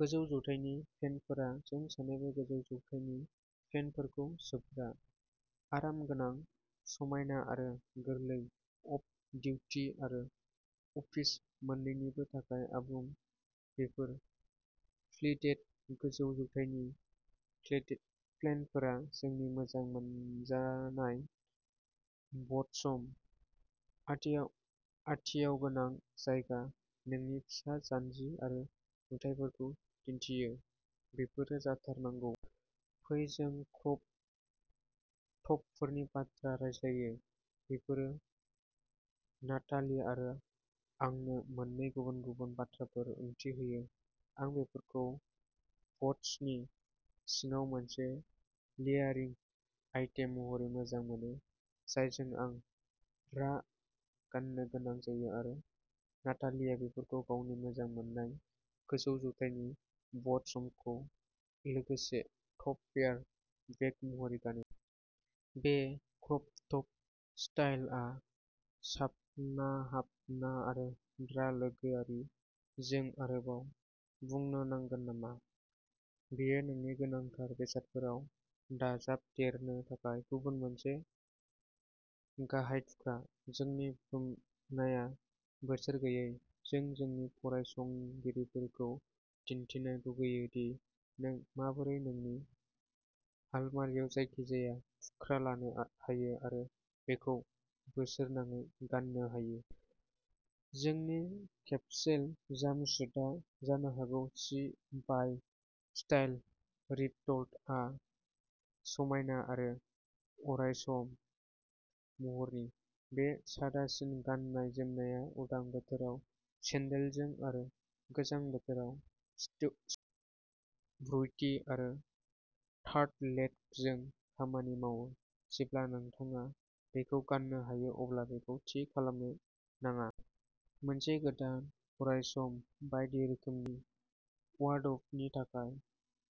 गोजौ जौथायनि पेन्टफोरा जों सानैबो गोजौ जौथायनि पेन्टफोरखौ सोबग्रा। आरामगोनां, समायना आरो गोरलै, अफ डिउटि आरो अफिस मोन्नैनिबो थाखाय आबुं। बेफोर प्लिटेड गोजौ जौथायनि प्लेटे-पेन्टफोरा जोंनि मोजां मोनजानाय ब'टसम। आथियाव-आथिआव गोबां जायगा, नोंनि फिसा जानजि आरो जुथाफोरखौ दिन्थिय। बेफोरो जाथारनांगौ। फै जों क्रप टपफोरनि बाथ्रा रायज्लायो। बेफोरो नाताली आरो आंनो मोननै गुबुन गुबुन बाथ्राफोर ओंथि होयो। आं बेफोरखौ ब'ट्सनि सिङाव मोनसे लेयारिं आइटेम महरै मोजां मोनो। जायजों आं ब्रा गान्नो गोनां जायो आरो नातालीआ बेफोरखौ गावनि मोजां मोननाय गोजौ जौथायनि ब'टसमखौ लोगोसे टप पेयार बेक महरै गानो। बे क्रप टप स्टाइलआ साबनाहाबना आरो ब्रा लोगोआरि। जों आरोबाव बुंनो नांगोन नामा? बेयो नोंनि गोनांथार बेसादफोराव दाजाबदेरनो थाखाय गुबुन मोनसे गाहाय थुख्रा। जोंनि बुथुमनाया बोथोर गैयै। जों जोंनि फरायसंगिरिफोरखौ दिन्थिनो लुगैयो दि नों माबोरै नोंनि आलमारिआव जायखिजाया थुख्रा लानो हायो आरो बेखौ बोसोरनाङै गान्नो हायो। जोंनि केबलेस जाम्पसुटआव जानो हागौ सि बाइ स्टाइल रिपर्टआ समायना आरो अरायसम महरनि। बे सादासिन गाननाय जोमनाया उदां बोथोराव सेन्देलजों आरो गोजां बोथोराव स्थु, ब्रुइटि आरो टार्टलेकजों खामानि मावो। जेब्ला नोंथाङा बेखौ गान्नो हायो अब्ला बेखौ थि खालामनो नाङा। मोनसे गोदान अरायसम बायदि रोखोमनि वार्ड्रोबनि थाखाय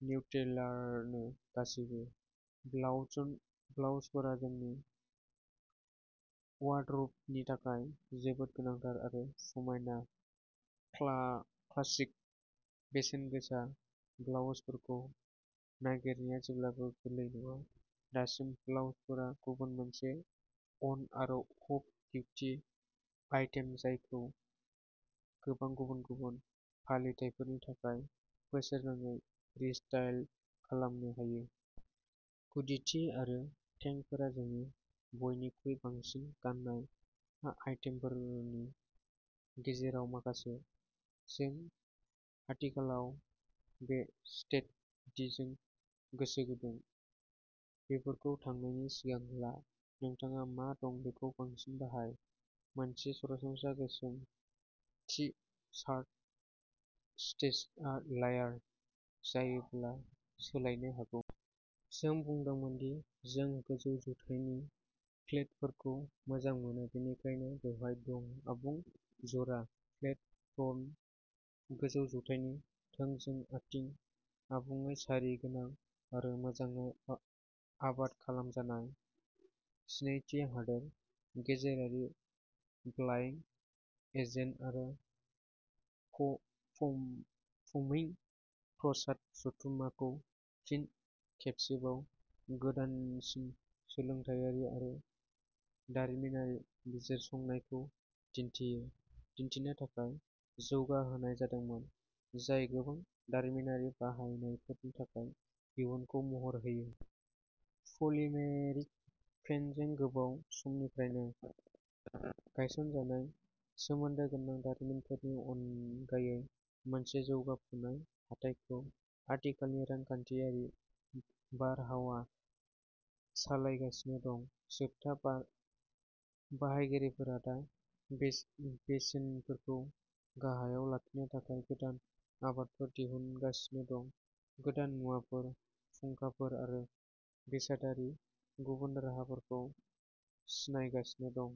निउट्रेलारनो गासैबो। ब्लाउजन ब्लाउजफोरा जोंनि वार्ड्रोबनि थाखाय जोबोद गोनांथार, आरो समायना, क्ला-क्लासिक, बेसेनगोसा ब्लाउजफोरखौ नागिरनाया जेब्लाबो गोरलै नङा। दासिम ब्लाउजफोरा गुबुन मोनसे अन आरो अफ डिउटि आइटेम। जायखौ गोबां गुबुन गुबुन फालिथायफोरनि थाखाय बोसोरनाङै रिस्टाइल खालामनो हायो। गुदि टि आरो टेंकफोरा जोंनि बयनिख्रुइ बांसिन गान्नाय आ-आइटेमफोरनि गेजेराव माखासे। जों आथिखालाव बे स्टेट टिजों गोसो गुदुं। बेफोरखौ थांनायनि सिगां ला, नोंथाङा मा दं बेखौ बांसिन बाहाय। मोनसे सरासनस्रा गोसोम टि शार्ट स्टेसआ लेयार जायोब्ला सोलायनो हागौ। जों बुंदोंमोन दि जों गोजौ जौथायनि प्लेटफोरखौ मोजां मोनो। बेनिखायनो बेवहाय दं आबुं जरा, फ्लेट फ्रन्ट, गोजौ जौथायनि थोंजों आथिं, आबुङै सारि गोनां आरो मोजाङै आ-आबाद खालामजानाय। जिनैथि हादोर गेजेरारि ब्लाइ एजेन्ट आरो फ-फम-फ'मिं प्रसाद जथुम्माखौ फिन खेबसेबाव गोदानसिन सोलोंथायारि आरो दारिमिनारि बिजिरसंनायखौ दिन्थियो दिन्थिनो थाखाय जौगाहोनाय जादोंमोन। जाय गोबां दारिमिनारि बाहायनायफोरनि थाखाय इयुनखौ महर होयो। पलिमेरिक फेनजों गोबाव समनिफ्रायनो गायसनजानाय सोमोन्दो गोनां दारिमिनफोरनि अनगायै मोनसे जौगाफुनाय हाथाइखौ आथिखालनि रांखान्थियारि बारहावा सालायगासिनो दं। जोबथा बा-बाहायगिरिफोरा दा बेसेन-बेसेनफोरखौ गाहायाव लाखिनो थाखाय गोदान आबादफोर दिहुनगासिनो दं, गोदान मुवाफोर, फुंखाफोर आरो बेसादारि गुबुन राहाफोरखौ सिनायगासिनो दं।